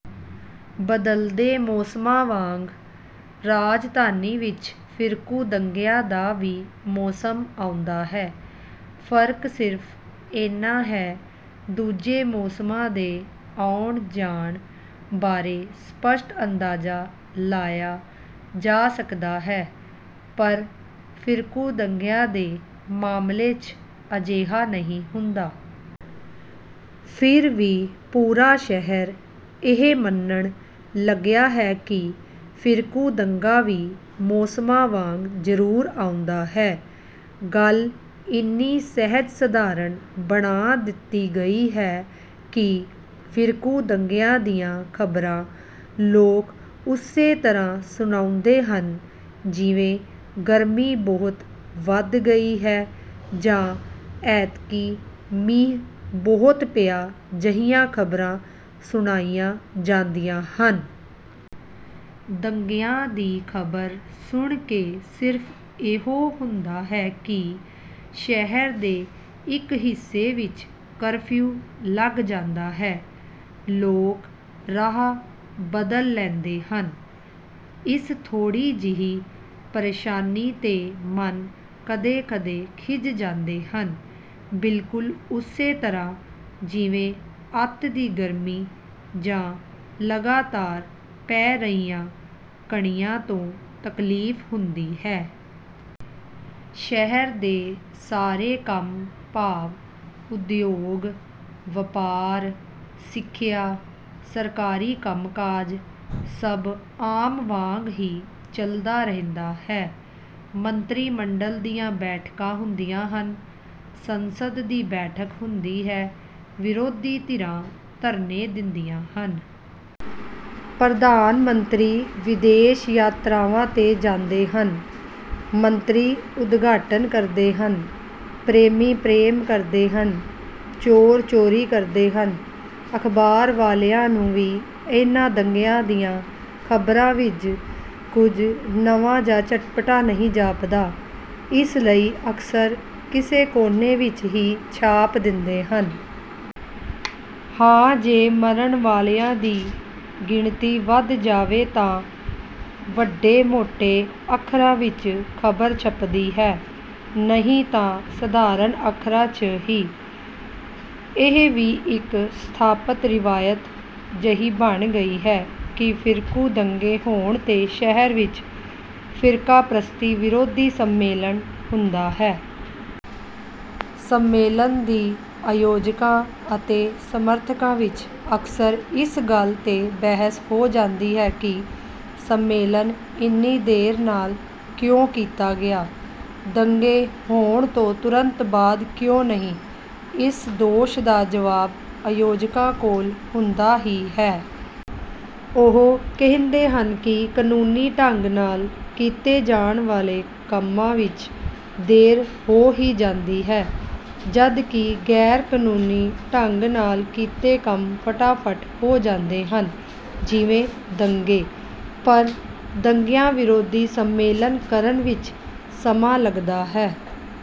ਬਦਲਦੇ ਮੌਸਮਾਂ ਵਾਂਗ ਰਾਜਧਾਨੀ ਵਿੱਚ ਫਿਰਕੂ ਦੰਗਿਆਂ ਦਾ ਵੀ ਮੌਸਮ ਆਉਂਦਾ ਹੈ। ਫਰਕ ਸਿਰਫ ਏਨਾ ਹੈ ਦੂਜੇ ਮੌਸਮਾਂ ਦੇ ਆਉਣ-ਜਾਣ ਬਾਰੇ ਸਪੱਸ਼ਟ ਅੰਦਾਜ਼ਾ ਲਾਇਆ ਜਾ ਸਕਦਾ ਹੈ, ਪਰ ਫਿਰਕੂ ਦੰਗਿਆਂ ਦੇ ਮਾਮਲੇ 'ਚ ਅਜਿਹਾ ਨਹੀਂ ਹੁੰਦਾ। ਫਿਰ ਵੀ ਪੂਰਾ ਸ਼ਹਿਰ ਇਹ ਮੰਨਣ ਲੱਗਿਆ ਹੈ ਕਿ ਫਿਰਕੂ ਦੰਗਾ ਵੀ ਮੌਸਮਾਂ ਵਾਂਗ ਜ਼ਰੂਰ ਆਉਂਦਾ ਹੈ। ਗੱਲ ਇੰਨੀ ਸਹਿਜ-ਸਧਾਰਨ ਬਣਾ ਦਿੱਤੀ ਗਈ ਹੈ ਕਿ ਫਿਰਕੂ ਦੰਗਿਆਂ ਦੀਆਂ ਖ਼ਬਰਾਂ ਲੋਕ ਉਸੇ ਤਰ੍ਹਾਂ ਸੁਣਾਉਂਦੇ ਹਨ ਜਿਵੇਂ "ਗਰਮੀ ਬਹੁਤ ਵਧ ਗਈ ਹੈ' ਜਾਂ "ਐਤਕੀਂ ਮੀਂਹ ਬਹੁਤ ਪਿਆ" ਜਿਹੀਆਂ ਖਬਰਾਂ ਸੁਣਾਈਆਂ ਜਾਂਦੀਆਂ ਹਨ। ਦੰਗਿਆਂ ਦੀ ਖ਼ਬਰ ਸੁਣ ਕੇ ਸਿਰਫ ਇਹੋ ਹੁੰਦਾ ਹੈ ਕਿ ਸ਼ਹਿਰ ਦੇ ਇੱਕ ਹਿੱਸੇ ਵਿੱਚ ਕਰਫਿਊ ਲੱਗ ਜਾਂਦਾ ਹੈ। ਲੋਕ ਰਾਹ ਬਦਲ ਲੈਂਦੇ ਹਨ। ਇਸ ਥੋੜੀ ਜਿਹੀ ਪ੍ਰੇਸ਼ਾਨੀ 'ਤੇ ਮਨ ਕਦੇ-ਕਦੇ ਖਿਝ ਜਾਂਦੇ ਹਨ, ਬਿਲਕੁਲ ਉਸੇ ਤਰ੍ਹਾਂ ਜਿਵੇਂ ਅੱਤ ਦੀ ਗਰਮੀ ਜਾਂ ਲਗਾਤਾਰ ਪੈ ਰਹੀਆਂ ਕਣੀਆਂ ਤੋਂ ਤਕਲੀਫ ਹੁੰਦੀ ਹੈ। ਸ਼ਹਿਰ ਦੇ ਸਾਰੇ ਕੰਮ ਭਾਵ ਉਦਯੋਗ, ਵਪਾਰ, ਸਿੱਖਿਆ, ਸਰਕਾਰੀ ਕੰਮ-ਕਾਜ ਸਭ ਆਮ ਵਾਂਗ ਹੀ ਚਲਦਾ ਰਹਿੰਦਾ ਹੈ। ਮੰਤਰੀ ਮੰਡਲ਼ ਦੀਆਂ ਬੈਠਕਾਂ ਹੁੰਦੀਆਂ ਹਨ। ਸੰਸਦ ਦੀ ਬੈਠਕ ਹੁੰਦੀ ਹੈ। ਵਿਰੋਧੀ ਧਿਰਾਂ ਧਰਨੇ ਦਿੰਦੀਆਂ ਹਨ। ਪ੍ਰਧਾਨ ਮੰਤਰੀ ਵਿਦੇਸ਼ ਯਾਤਰਾਵਾਂ 'ਤੇ ਜਾਂਦੇ ਹਨ, ਮੰਤਰੀ ਉਦਘਾਟਨ ਕਰਦੇ ਹਨ, ਪ੍ਰੇਮੀ ਪ੍ਰੇਮ ਕਰਦੇ ਹਨ, ਚੋਰ ਚੋਰੀ ਕਰਦੇ ਹਨ। ਅਖ਼ਬਾਰ ਵਾਲ਼ਿਆਂ ਨੂੰ ਵੀ ਇਹਨਾਂ ਦੰਗਿਆਂ ਦੀਆਂ ਖ਼ਬਰਾਂ ਵਿੱਚ ਕੁੱਝ ਨਵਾਂ ਜਾਂ ਚਟਪਟਾ ਨਹੀਂ ਜਾਪਦਾ, ਇਸ ਲਈ ਅਕਸਰ ਕਿਸੇ ਕੋਨੇ ਵਿੱਚ ਹੀ ਛਾਪ ਦਿੰਦੇ ਹਨ। ਹਾਂ ਜੇ ਮਰਨ ਵਾਲ਼ਿਆਂ ਦੀ ਗਿਣਤੀ ਵਧ ਜਾਵੇ ਤਾਂ ਵੱਡੇ-ਮੋਟੇ ਅੱਖਰਾਂ ਵਿੱਚ ਖ਼ਬਰ ਛਪਦੀ ਹੈ, ਨਹੀਂ ਤਾਂ ਸਧਾਰਨ ਅੱਖਰਾਂ 'ਚ ਹੀ। ਇਹ ਵੀ ਇੱਕ ਸਥਾਪਤ ਰਵਾਇਤ ਜਿਹੀ ਬਣ ਗਈ ਹੈ ਕਿ ਫਿਰਕੂ ਦੰਗੇ ਹੋਣ 'ਤੇ ਸ਼ਹਿਰ ਵਿੱਚ "ਫਿਰਕਾਪ੍ਰਸਤੀ ਵਿਰੋਧੀ ਸੰਮੇਲਨ" ਹੁੰਦਾ ਹੈ। ਸੰਮੇਲਨ ਦੀ ਆਯੋਜਕਾਂ ਅਤੇ ਸਮਰਥਕਾਂ ਵਿੱਚ ਅਕਸਰ ਇਸ ਗੱਲ 'ਤੇ ਬਹਿਸ ਹੋ ਜਾਂਦੀ ਹੈ ਕਿ ਸੰਮੇਲਨ ਇੰਨੀ ਦੇਰ ਨਾਲ਼ ਕਿਉਂ ਕੀਤਾ ਗਿਆ, ਦੰਗੇ ਹੋਣ ਤੋਂ ਤੁਰੰਤ ਬਾਅਦ ਕਿਉਂ ਨਹੀਂ। ਇਸ ਦੋਸ਼ ਦਾ ਜਵਾਬ ਆਯੋਜਕਾਂ ਕੋਲ਼ ਹੁੰਦਾ ਹੀ ਹੈ। ਉਹ ਕਹਿੰਦੇ ਹਨ ਕਿ ਕਨੂੰਨੀ ਢੰਗ ਨਾਲ਼ ਕੀਤੇ ਜਾਣ ਵਾਲ਼ੇ ਕੰਮਾਂ ਵਿੱਚ ਦੇਰ ਹੋ ਹੀ ਜਾਂਦੀ ਹੈ। ਜਦਕਿ ਗੈਰ-ਕਨੂੰਨੀ ਢੰਗ ਨਾਲ਼ ਕੀਤੇ ਕੰਮ ਫਟਾਫਟ ਹੋ ਜਾਂਦੇ ਹਨ — ਜਿਵੇਂ ਦੰਗੇ। ਪਰ ਦੰਗਿਆਂ ਵਿਰੋਧੀ ਸੰਮੇਲਨ ਕਰਨ ਵਿੱਚ ਸਮਾਂ ਲਗਦਾ ਹੈ।